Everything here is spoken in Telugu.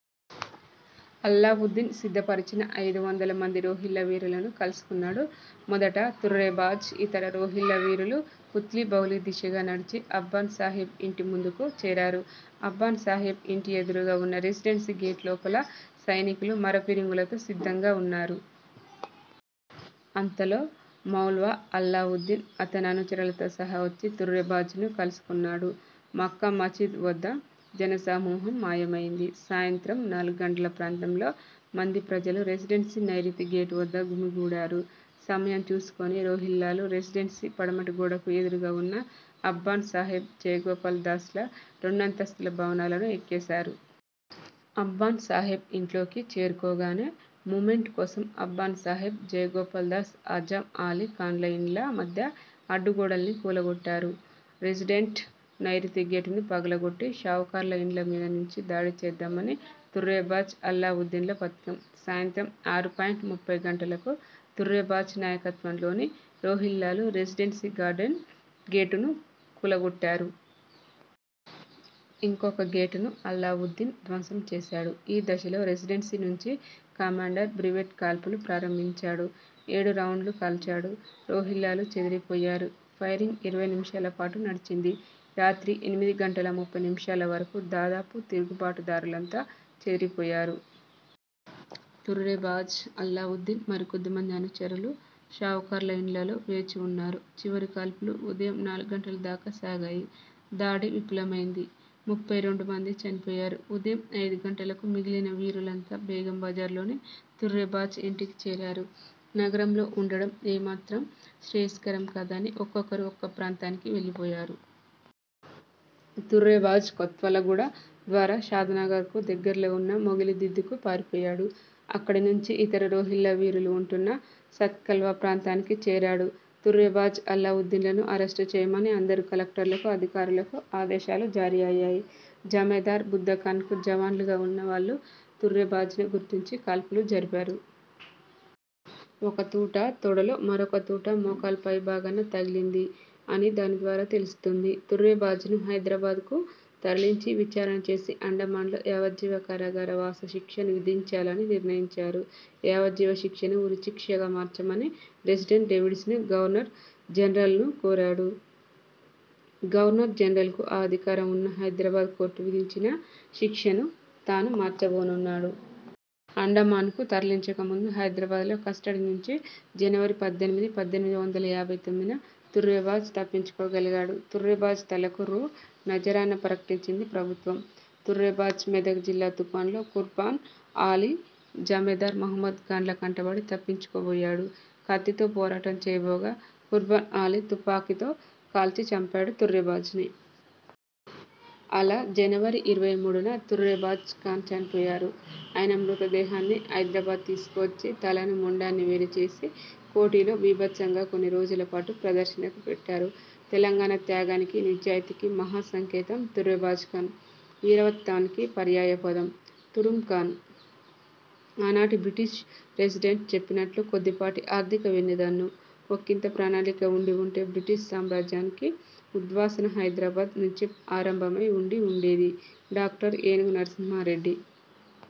అల్లా ఉద్దీన్ సిద్ధపరచిన ఐదు వందల మంది రోహిల్లా వీరులను కలుసుకున్నాడు. మొదట తుర్రెబాజ్ ఇతర రోహిల్లా వీరులు పుత్లిబౌలీ దిశగా నడిచి అబ్బాన్ సాహెబ్ ఇంటి ముందుకు చేరారు. అబ్బాన్ సాహెబ్ ఇంటి ఎదురుగా ఉన్న రెసిడెన్సీ గేటు లోపల సైనికులు మర ఫిరంగులతో సిద్ధంగా ఉన్నారు. అంతలో మౌల్వ అల్లా ఉద్దీన్ అతని అనుచరులతో సహా వచ్చి తుర్రెబాజ్ను కలుసుకున్నాడు. మక్కా మజీదు వద్ద జనసమూహం మాయమైంది. సాయంత్రం నాలుగు గంటల ప్రాంతంలో మంది ప్రజలు రెసిడెన్సీ నైరుతి గేటు వద్ద గుమిగూడారు. సమయం చూసుకుని రోహిల్లాలు రెసిడెన్సీ పడమటి గోడకు ఎదురుగా ఉన్న అబ్బాన్ సాహెబ్, జైగోపాల్ దాస్ల రెండంతస్తుల భవనాలను ఎక్కేసారు. అబ్బాన్ సాహెబ్ ఇంట్లోకి చేరుకోగానే మూమెంట్ కోసం అబ్బాన్ సాహెబ్, జైగోపాల్ దాస్, ఆజం అలీ ఖాన్ల ఇండ్ల మధ్య అడ్డుగోడల్ని కూలగొట్టారు. రెసిడెంటు నైరుతి గేటును పగులగొట్టి షావుకార్ల ఇండ్ల మీద నుంచి దాడిచేద్దామని తుర్రెబాజ్, అల్లా ఉద్దీన్ల పథకం. సాయంత్రం ఆరు పాయింట్ ముప్పై గంటలకు తుర్రెబాజ్ నాయకత్వంలోని రోహిల్లాలు రెసిడెన్సీ గార్డెన్ గేటును కూలగొట్టారు. ఇంకొక గేటును అల్లాఉద్దీన్ ధ్వంసం చేసాడు. ఈ దశలో రెసిడెన్సీ నుంచి కమాండర్ బ్రీవెట్ కాల్పులు ప్రారంభించాడు. ఏడు రౌండ్లు కాల్చాడు. రోహిల్లాలు చెదిరిపోయారు. ఫైరింగ్ ఇరవై నిమిషాల పాటు నడిచింది. రాత్రి ఎనిమిది గంటల ముప్పై నిమిషాల వరకు దాదాపు తిరుగుబాటు దారులంతా చెదిరిపోయారు. తుర్రెబాజ్, అల్లాఉద్దీన్ మరికొద్దిమంది అనుచరులు షావుకార్ల ఇండ్లల్లో వేచి ఉన్నారు. చివరి కాల్పులు ఉదయం నాలుగు గంటల దాకా సాగాయి. దాడి విఫలమైంది. ముప్పై రెండు మంది చనిపోయారు. ఉదయం ఐదు గంటలకు మిగిలిన వీరులంతా బేగంబజార్లోని తుర్రెబాజ్ ఇంటికి చేరారు. నగరంలో ఉండడం ఏమాత్రం శ్రేయస్కరం కాదని ఒక్కొక్కరు ఒక్కో ప్రాంతానికి వెళ్ళిపోయారు. తుర్రెబాజ్ కొత్వాల్గూడ ద్వారా షాద్ నగర్ కు దగ్గరలో ఉన్న మొగిలిగిద్దకు పారిపోయాడు. అక్కడి నుంచి ఇతర రోహిల్లా వీరులు ఉంటున్న సాత్కల్వ ప్రాంతానికి చేరాడు. తుర్రెబాజ్, అల్లా ఉద్దీన్లను అరెస్టు చేయమని అందరు కలెక్టర్లకు, అధికారులకు ఆదేశాలు జారీ అయ్యాయి. జమేదార్ బుద్దఖాన్కు జవానులుగా ఉన్నవాళ్ళు తుర్రెబాజ్ను గుర్తించి కాల్పులు జరిపారు. ఒక తూటా తొడలో, మరొక తూటా మోకాలు పైభాగాన తగిలింది. అని దాని ద్వారా తెలుస్తుంది. తుర్రెబాజ్ను హైదరాబాద్కు తరలించి విచారణ చేసి అండమాన్లో యావజ్జీవ కారాగార వాస శిక్ష విధించాలని నిర్ణయించారు. యావజ్జీవ శిక్షను ఉరిశిక్షగా మార్చమని రెసిడెంటు డేవిడ్సన్ గవర్నర్ జనరల్ను కోరాడు. గవర్నర్ జనరల్కు ఆ అధికారం ఉన్నా హైదరాబాద్ కోర్టు విధించిన శిక్షను తాను మార్చబోనన్నాడు. అండమాన్కు తరలించక ముందు హైదరాబాద్లో కస్టడీ నుంచి జనవరి పద్దెనిమిది, పద్దెనిమిది వందల యాభై తొమ్మిదిన తుర్రెబాజ్ తప్పించుకోగలిగాడు. తుర్రెబాజ్ తలకు రూ. నజరానా ప్రకటించింది ప్రభుత్వం. తుర్రెబాజ్ మెదక్ జిల్లా తూప్రాన్లో ఖుర్బాన్ అలీ, జమేదార్ మహ్మద్ ఖాన్ల కంటబడి తప్పించుకోబోయాడు. కత్తితో పోరాటం చేయబోగా ఖుర్బాన్ అలీ తుపాకీతో కాల్చి చంపాడు తుర్రెబాజ్ను. అలా, జనవరి ఇరవై మూడున తుర్రెబాజ్ ఖాన్ చనిపోయారు. ఆయన మృతదేహాన్ని హైదరాబాద్ తీసుకువచ్చి తలను మొండాన్నీ వేరుచేసి కోఠీలో బీభత్సంగా కొన్ని రోజుల పాటు ప్రదర్శనకు పెట్టారు. తెలంగాణ త్యాగానికి, నిజాయితీకి మహా సంకేతం తుర్రెబాజ్ ఖాన్. వీరత్వానికి పర్యాయపదం తురుంఖాన్. ఆనాటి బ్రిటిష్ రెసిడెంట్ చెప్పినట్లు కొద్దిపాటి ఆర్థిక వెన్నుదన్ను, ఒకింత ప్రణాళిక ఉండి ఉంటే బ్రిటిష్ సామ్రాజ్యానికి ఉద్వాసన హైదరాబాద్ నుంచే ఆరంభమయి ఉండి ఉండేది. డాక్టర్ ఏనుగు నరసింహారెడ్డి